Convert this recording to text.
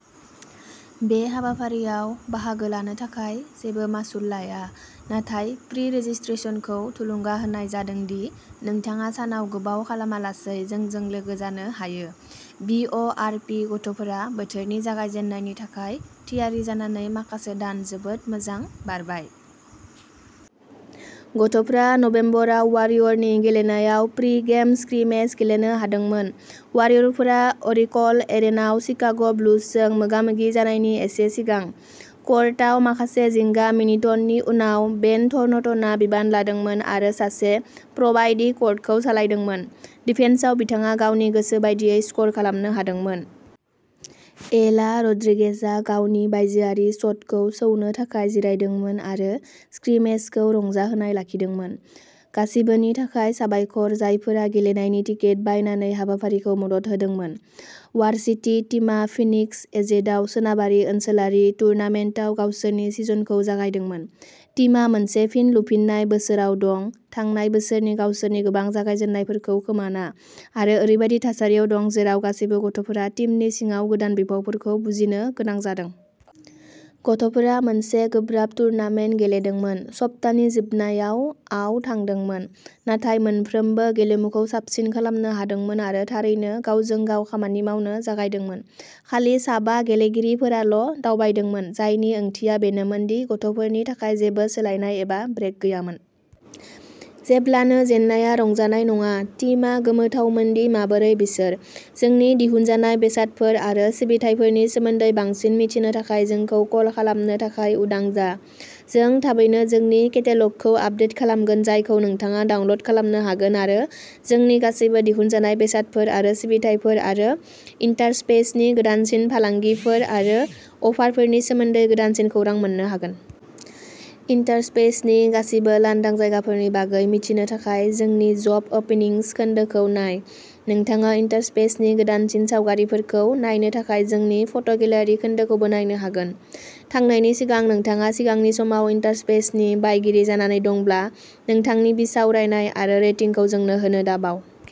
बे हाबाफारियाव बाहागो लानो थाखाय जेबो मासुल लाया नाथाय प्रि-रेजिस्ट्रेशनखौ थुलुंगा होनाय जादों दि नोंथाङा सानाव गोबाव खालामालासै जोंजों लोगो जानो हायो। बि. अ. आर. पि. गथ'फोरा बोथोरनि जागायजेन्नायनि थाखाय थियारि जानानै माखासे दान जोबोद मोजां बारबाय। गथ'फोरा नबेम्बर आव वारियरनि गेलेनायाव प्रि-गेम स्क्रिमेज गेलेनो हादोंमोन, वारियरफोरा अ'रेकल एरिनाआव शिकाग'बुल्सजों मोगा-मोगि जानायनि एसे सिगां। कर्टआव माखासे जिंगा मिनिटननि उनाव, बेन थर्नटनआ बिबान लादोंमोन आरो सासे प्र'बायदि कर्टखौ सालायदोंमोन। डिफेन्सआव बिथाङा गावनि गोसो बादियै स्क'र खालामनो हादोंमोन। एला रड्रिगेजआ गावनि बायजोआरि शटखौ सौनो थाखाय जिरायदोंमोन आरो स्क्रिमेजखौ रंजाहोनाय लाखिदोंमोन। गासिबोनि थाखाय साबायखर, जायफोरा गेलेनायनि टिकेट बायनानै हाबाफारिखौ मदद होदोंमोन। वार्सिटी टीमा फिनिक्स, एजेडआव सोनाबारि ओनसोलारि टुर्नामेन्टआव गावसोरनि सिजनखौ जागायदोंमोन। टीमा मोनसे फिन लुफिननाय बोसोराव दं, थांनाय बोसोरनि गावसोरनि गोबां जागायजेन्नायफोरखौ खोमाना, आरो ओरैबायदि थासारियाव दं जेराव गासैबो गथ'फोरा टीमनि सिङाव गोदान बिफावफोरखौ बुजिनो गोनां जादों। गथ'फोरा मोनसे गोब्राब टुर्नामेन्ट गेलेदोंमोन, सप्तानि जोबनायाव आव थांदोंमोन, नाथाय मोनफ्रोमबो गेलेमुखौ साबसिन खालामनो हादोंमोन आरो थारैनो गावजों-गाव खामानि मावनो जागायदोंमोन। खालि साबा गेलेगिरिफोराल'दावबायदोंमोन, जायनि ओंथिया बेनोमोन दि गथ'फोरनि थाखाय जेबो सोलायनाय एबा ब्रेक गैयामोन। जेब्लानो जेननाया रंजानाय नङा, टीमा गोमोथावमोन दि माबोरै बिसोर। जोंनि दिहुनजानाय बेसादफोर आरो सिबिथाइफोरनि सोमोन्दै बांसिन मिथिनो थाखाय जोंखौ कल खालामनो थाखाय उदां जा। जों थाबैनो जोंनि केटेल'गखौ आपदेट खालामगोन, जायखौ नोंथाङा डाउनल'ड खालामनो हागोन आरो जोंनि गासैबो दिहुनजानाय बेसादफोर आरो सिबिथायफोर आरो इन्टारस्पेसनि गोदानसिन फालांगिफोर आरो अफारफोरनि सोमोन्दै गोदानसिन खौरां मोन्नो हागोन। इन्टारस्पेसनि गासिबो लांदां जायगाफोरनि बागै मिथिनो थाखाय जोंनि जब ओपनिंस खोन्दोखौ नाय। नोंथाङा इन्टारस्पेसनि गोदानसिन सावगारिफोरखौ नायनो थाखाय जोंनि फट'गेलारि खोन्दोखौबो नायनो हागोन। थांनायनि सिगां, नोंथाङा सिगांनि समाव इन्टारस्पेसनि बायगिरि जानानै दंब्ला नोंथांनि बिसावरायनाय आरो रेटिंखौ जोंनो होनो दाबाव।